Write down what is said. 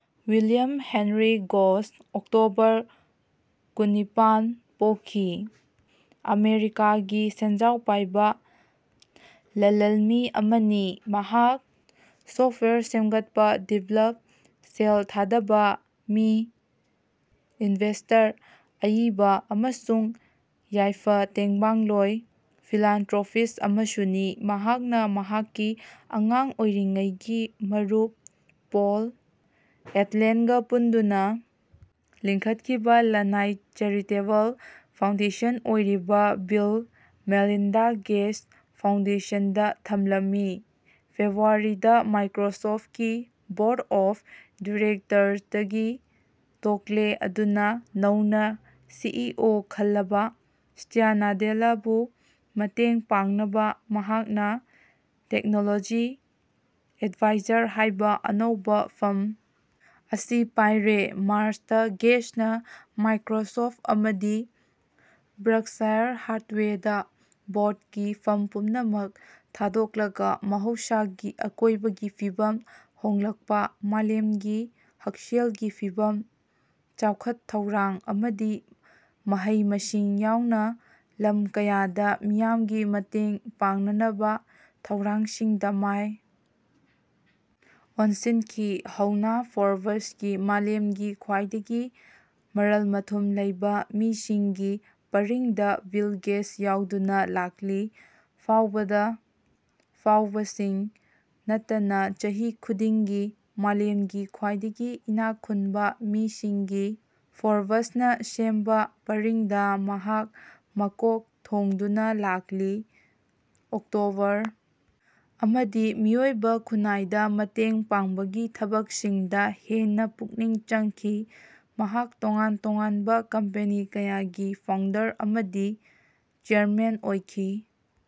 William Henry Gates ( October ꯀꯨꯟꯅꯤꯄꯥꯜ, ꯄꯣꯛꯈꯤ) ꯑꯃꯦꯔꯤꯀꯥꯒꯤ ꯁꯦꯟꯖꯥꯎ ꯄꯥꯏꯕ ꯂꯜꯂꯜꯃꯤ ꯑꯃꯅꯤ꯫ ꯃꯍꯥꯛ ꯁꯣꯐ꯭ꯇꯋꯦꯌꯔ ꯁꯦꯝꯒꯠꯄ (ꯗꯤꯚꯦꯂꯄꯔ), ꯁꯦꯜ ꯊꯥꯗꯕ ꯃꯤ(ꯏꯟꯚꯦꯁꯇꯔ), ꯑꯏꯕ ꯑꯃꯁꯨꯡ ꯌꯥꯏꯐ ꯇꯦꯡꯕꯥꯡꯂꯣꯏ (ꯐꯤꯂꯥꯟꯇ꯭ꯔꯣꯄꯤꯁ꯭ꯇ) ꯑꯃꯁꯨꯅꯤ꯫ ꯃꯍꯥꯛꯅ ꯃꯍꯥꯛꯀꯤ ꯑꯉꯥꯡ ꯑꯣꯏꯔꯤꯉꯩꯒꯤ ꯃꯔꯨꯞ ꯄꯣꯜ ꯑꯦꯂꯜꯦꯟꯒ ꯄꯨꯟꯗꯨꯅ ꯂꯤꯡꯈꯠꯈꯤꯕ ꯂꯟꯅꯥꯏ ꯆꯦꯔꯤꯇꯦꯕꯜ ꯐꯥꯎꯟꯗꯦꯁꯟ ꯑꯣꯏꯔꯤꯕ ꯕꯤꯜ ꯃꯦꯂꯤꯟꯗꯥ ꯒꯦꯠꯁ ꯐꯥꯎꯟꯗꯦꯁꯟꯗ ꯊꯝꯂꯝꯃꯤ꯫ ꯐꯦꯕꯔꯋꯥꯔꯤ ꯗ ꯃꯥꯏꯀ꯭ꯔꯣꯁꯣꯐ꯭ꯇ ꯀꯤ ꯕꯣꯔ꯭ꯗ ꯑꯣꯐ ꯗꯤꯔꯦꯛꯇꯔꯁꯇꯒꯤ ꯇꯣꯛꯂꯦ ꯑꯗꯨꯅ ꯅꯧꯅ ꯁꯤ ꯏ ꯑꯣ ꯈꯜꯂꯕ ꯁꯇ꯭ꯌꯅꯥꯗꯦꯜꯂꯥꯕꯨ ꯃꯇꯦꯡ ꯄꯥꯡꯅꯕ ꯃꯍꯥꯛꯅ ꯇꯦꯀꯅꯣꯂꯣꯖꯤ ꯑꯦꯗꯚꯥꯏꯖꯔ ꯍꯥꯏꯕ ꯑꯅꯧꯕ ꯐꯝ ꯑꯁꯤ ꯄꯥꯏꯔꯦ꯫ ꯃꯥꯔꯆ ꯗ ꯒꯦꯠꯁꯅ ꯃꯥꯏꯀ꯭ꯔꯣꯁꯣꯐ꯭ꯇ ꯑꯃꯗꯤ ꯕꯔꯛꯁꯥꯏ꯭ꯔ ꯍꯥꯊꯋꯦꯗ ꯕꯣꯔ꯭ꯗꯀꯤ ꯐꯝ ꯄꯨꯝꯅꯃꯛ ꯊꯥꯗꯣꯛꯂꯒ ꯃꯍꯧꯁꯥꯒꯤ ꯑꯀꯣꯏꯕꯒꯤ ꯐꯤꯚꯝ ꯍꯣꯡꯂꯛꯄ, ꯃꯥꯂꯦꯝꯒꯤ ꯍꯛꯁꯦꯜꯒꯤ ꯐꯤꯚꯝ, ꯆꯥꯎꯈꯠ ꯊꯧꯔꯥꯡ ꯑꯃꯗꯤ ꯃꯍꯩ ꯃꯁꯤꯡ ꯌꯥꯎꯅ ꯂꯝ ꯀꯌꯥꯗ ꯃꯤꯌꯥꯝꯒꯤ ꯃꯇꯦꯡ ꯄꯥꯡꯅꯅꯕ ꯊꯧꯔꯥꯡꯁꯤꯡꯗ ꯃꯥꯏ ꯑꯣꯟꯁꯤꯟꯈꯤ꯫ ꯍꯧꯅ ꯐꯣꯔꯕ꯭ꯁ ꯀꯤ ꯃꯥꯂꯦꯝꯒꯤ ꯈ꯭ꯋꯥꯏꯗꯒꯤ ꯃꯔꯜ ꯃꯊꯨꯝ ꯂꯩꯕ ꯃꯤꯁꯤꯡꯒꯤ ꯄꯔꯤꯡꯗ ꯕꯤꯜ ꯒꯦꯠꯁ ꯌꯥꯎꯗꯨꯅ ꯂꯥꯛꯂꯤ꯫ ꯐꯥꯎꯕꯗ ꯐꯥꯎꯕꯁꯤ ꯅꯠꯇꯅ ꯆꯍꯤ ꯈꯨꯗꯤꯡꯒꯤ ꯃꯥꯂꯦꯝꯒꯤ ꯈ꯭ꯋꯥꯏꯗꯒꯤ ꯏꯅꯥꯛ ꯈꯨꯟꯕ ꯃꯤꯁꯤꯡꯒꯤ ꯐꯣꯔꯕ꯭ꯁꯅ ꯁꯦꯝꯕ ꯄꯔꯤꯡꯗ ꯃꯍꯥꯛ ꯃꯀꯣꯛ ꯊꯣꯡꯗꯨꯅ ꯂꯥꯛꯂꯤ꯫ ꯑꯣꯛꯇꯣꯕꯔ ꯑꯃꯗꯤ ꯃꯤꯑꯣꯏꯕ ꯈꯨꯟꯅꯥꯏꯗ ꯃꯇꯦꯡ ꯄꯥꯡꯕꯒꯤ ꯊꯕꯛꯁꯤꯡꯗ ꯍꯦꯟꯅ ꯄꯨꯛꯅꯤꯡ ꯆꯪꯈꯤ꯫ ꯃꯍꯥꯛ ꯇꯣꯉꯥꯟ ꯇꯣꯉꯥꯟꯕ ꯀꯝꯄꯦꯅꯤ ꯀꯌꯥꯒꯤ ꯐꯥꯎꯟꯗꯔ ꯑꯃꯗꯤ ꯆꯦꯌꯔꯃꯦꯟ ꯑꯣꯏꯈꯤ꯫